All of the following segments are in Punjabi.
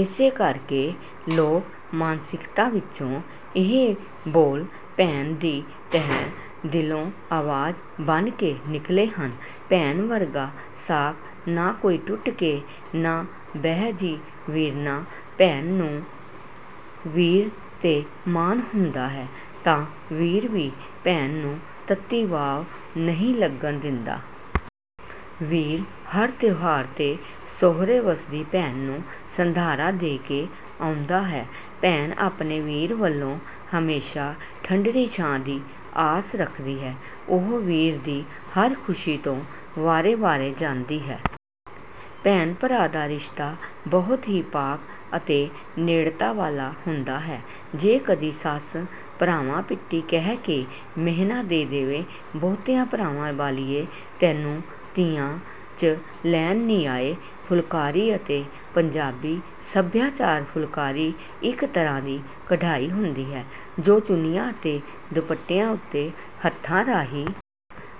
ਇਸੇ ਕਰਕੇ ਲੋਕ-ਮਾਨਸਿਕਤਾ ਵਿੱਚੋਂ ਇਹ ਬੋਲ ਭੈਣ ਦੀ ਤਹਿ ਦਿਲੋਂ ਆਵਾਜ਼ ਬਣ ਕੇ ਨਿਕਲੇ ਹਨ:"ਭੈਣ ਵਰਗਾ ਸਾਕ ਨਾ ਕੋਈ, ਟੁੱਟ ਕੇ ਨਾ ਬਹਿ ਜੀ ਵੀਰਨਾ।"ਭੈਣ ਨੂੰ ਵੀਰ 'ਤੇ ਮਾਣ ਹੁੰਦਾ ਹੈ, ਤਾਂ ਵੀਰ ਵੀ ਭੈਣ ਨੂੰ ਤੱਤੀ ਵਾਅ ਨਹੀਂ ਲੱਗਣ ਦਿੰਦਾ। ਵੀਰ ਹਰ ਤਿਉਹਾਰ 'ਤੇ ਸੋਹਰੇ ਵੱਸਦੀ ਭੈਣ ਨੂੰ ਸੰਧਾਰਾ ਦੇ ਕੇ ਆਉਂਦਾ ਹੈ। ਭੈਣ ਆਪਣੇ ਵੀਰ ਵੱਲੋਂ ਹਮੇਸ਼ਾ ਠੰਢੜੀ ਛਾਂ ਦੀ ਆਸ ਰੱਖਦੀ ਹੈ। ਉਹ ਵੀਰ ਦੀ ਹਰ ਖ਼ੁਸ਼ੀ ਤੋਂ ਵਾਰੇ-ਵਾਰੇ ਜਾਂਦੀ ਹੈ। ਭੈਣ-ਭਰਾ ਦਾ ਰਿਸ਼ਤਾ ਬਹੁਤ ਹੀ ਪਾਕ ਅਤੇ ਨੇੜਤਾ ਵਾਲਾ ਹੁੰਦਾ ਹੈ। ਜੇ ਕਦੇ ਸੱਸ 'ਭਰਾਵਾਂ ਪਿੱਟੀ' ਕਹਿ ਕੇ ਮਿਹਣਾ ਦੇ ਦੇਵੇ:"ਬਹੁਤਿਆਂ ਭਰਾਵਾਂ ਵਾਲੀਏ, ਤੈਨੂੰ ਤੀਆਂ 'ਚ ਲੈਣ ਨੀ ਆਏ।"ਫੁਲਕਾਰੀ ਅਤੇ ਪੰਜਾਬੀ ਸੱਭਿਆਚਾਰਫੁਲਕਾਰੀ ਇੱਕ ਤਰ੍ਹਾਂ ਦੀ ਕਢਾਈ ਹੁੰਦੀ ਹੈ, ਜੋ ਚੁੰਨੀਆਂ ਅਤੇ ਦੁਪੱਟਿਆਂ ਉੱਤੇ ਹੱਥਾਂ ਰਾਹੀਂ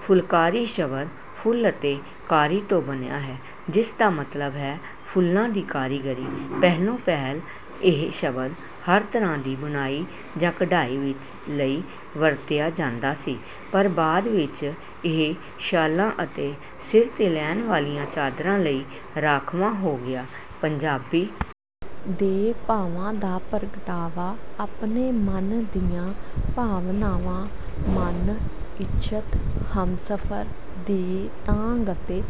ਫੁਲਕਾਰੀ ਸ਼ਬਦ 'ਫੁੱਲ' ਅਤੇ 'ਕਾਰੀ' ਤੋਂ ਬਣਿਆ ਹੈ, ਜਿਸ ਦਾ ਮਤਲਬ ਹੈ ਫੁੱਲਾਂ ਦੀ ਕਾਰੀਗਰੀ। ਪਹਿਲੋਂ-ਪਹਿਲ ਇਹ ਸ਼ਬਦ ਹਰ ਤਰ੍ਹਾਂ ਦੀ ਬੁਣਾਈ ਜਾਂ ਕਢਾਈ ਲਈ ਵਰਤਿਆ ਜਾਂਦਾ ਸੀ, ਪਰ ਬਾਅਦ ਵਿੱਚ ਇਹ ਸ਼ਾਲਾਂ ਅਤੇ ਸਿਰ 'ਤੇ ਲੈਣ ਵਾਲੀਆਂ ਚਾਦਰਾਂ ਲਈ ਰਾਖਵਾਂ ਹੋ ਗਿਆ। ਪੰਜਾਬੀ ਦੇ ਭਾਵਾਂ ਦਾ ਪ੍ਰਗਟਾਵਾ: ਆਪਣੇ ਮਨ ਦੀਆਂ ਭਾਵਨਾਵਾਂ, ਮਨ-ਇੱਛਤ ਹਮਸਫ਼ਰ ਦੀ ਤਾਂਘ ਅਤੇ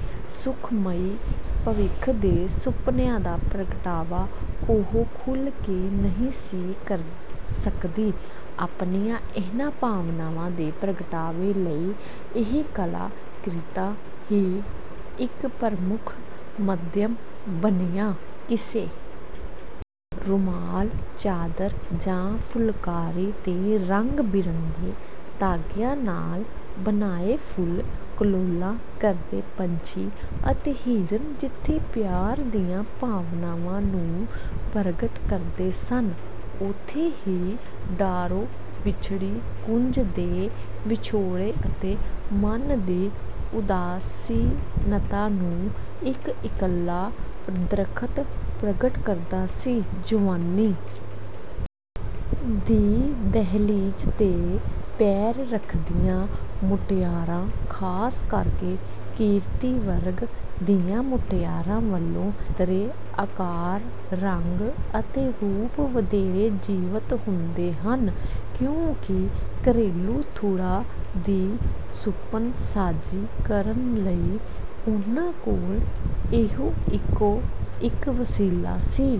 ਸੁਖਮਈ ਭਵਿੱਖ ਦੇ ਸੁਪਨਿਆਂ ਦਾ ਪ੍ਰਗਟਾਵਾ ਉਹ ਖੁੱਲ੍ਹ ਕੇ ਨਹੀਂ ਸੀ ਕਰ ਸਕਦੀ। ਆਪਣੀਆਂ ਇਹਨਾਂ ਭਾਵਨਾਵਾਂ ਦੇ ਪ੍ਰਗਟਾਵੇ ਲਈ ਇਹ ਕਲਾ-ਕ੍ਰਿਤਾਂ ਹੀ ਇੱਕ ਪ੍ਰਮੁੱਖ ਮਧਿਅਮ ਬਣੀਆਂ। ਕਿਸੇ ਰੁਮਾਲ, ਚਾਦਰ ਜਾਂ ਫੁਲਕਾਰੀ 'ਤੇ ਰੰਗ-ਬਿਰੰਗੇ ਧਾਗਿਆਂ ਨਾਲ ਬਣਾਏ ਫੁੱਲ, ਕਲੋਲਾਂ ਕਰਦੇ ਪੰਛੀ ਅਤੇ ਹਿਰਨ ਜਿੱਥੇ ਪਿਆਰ ਦੀਆਂ ਭਾਵਨਾਵਾਂ ਨੂੰ ਪ੍ਰਗਟ ਕਰਦੇ ਸਨ, ਉੱਥੇ ਹੀ ਡਾਰੋਂ ਵਿਛੜੀ ਕੂੰਜ ਦੇ ਵਿਛੋੜੇ ਅਤੇ ਮਨ ਦੀ ਉਦਾਸੀਨਤਾ ਨੂੰ ਇੱਕ ਇਕੱਲਾ ਦਰੱਖਤ ਪ੍ਰਗਟ ਕਰਦਾ ਸੀ। ਜਵਾਨੀ ਦੀ ਦਹਿਲੀਜ਼ 'ਤੇ ਪੈਰ ਰੱਖਦੀਆਂ ਮੁਟਿਆਰਾਂ—ਖਾਸ ਕਰਕੇ ਕਿਰਤੀ ਵਰਗ ਦੀਆਂ ਮੁਟਿਆਰਾਂ ਵੱਲੋਂ ਚਿੱਤਰੇ ਆਕਾਰ, ਰੰਗ ਅਤੇ ਰੂਪ ਵਧੇਰੇ ਜੀਵੰਤ ਹੁੰਦੇ ਹਨ, ਕਿਉਂਕਿ ਘਰੇਲੂ ਥੁੜ੍ਹਾਂ ਦੀ ਸੁਪਨਸਾਜ਼ੀ ਕਰਨ ਲਈ ਉਨ੍ਹਾਂ ਕੋਲ ਇਹੋ ਇੱਕੋ-ਇੱਕ ਵਸੀਲਾ ਸੀ।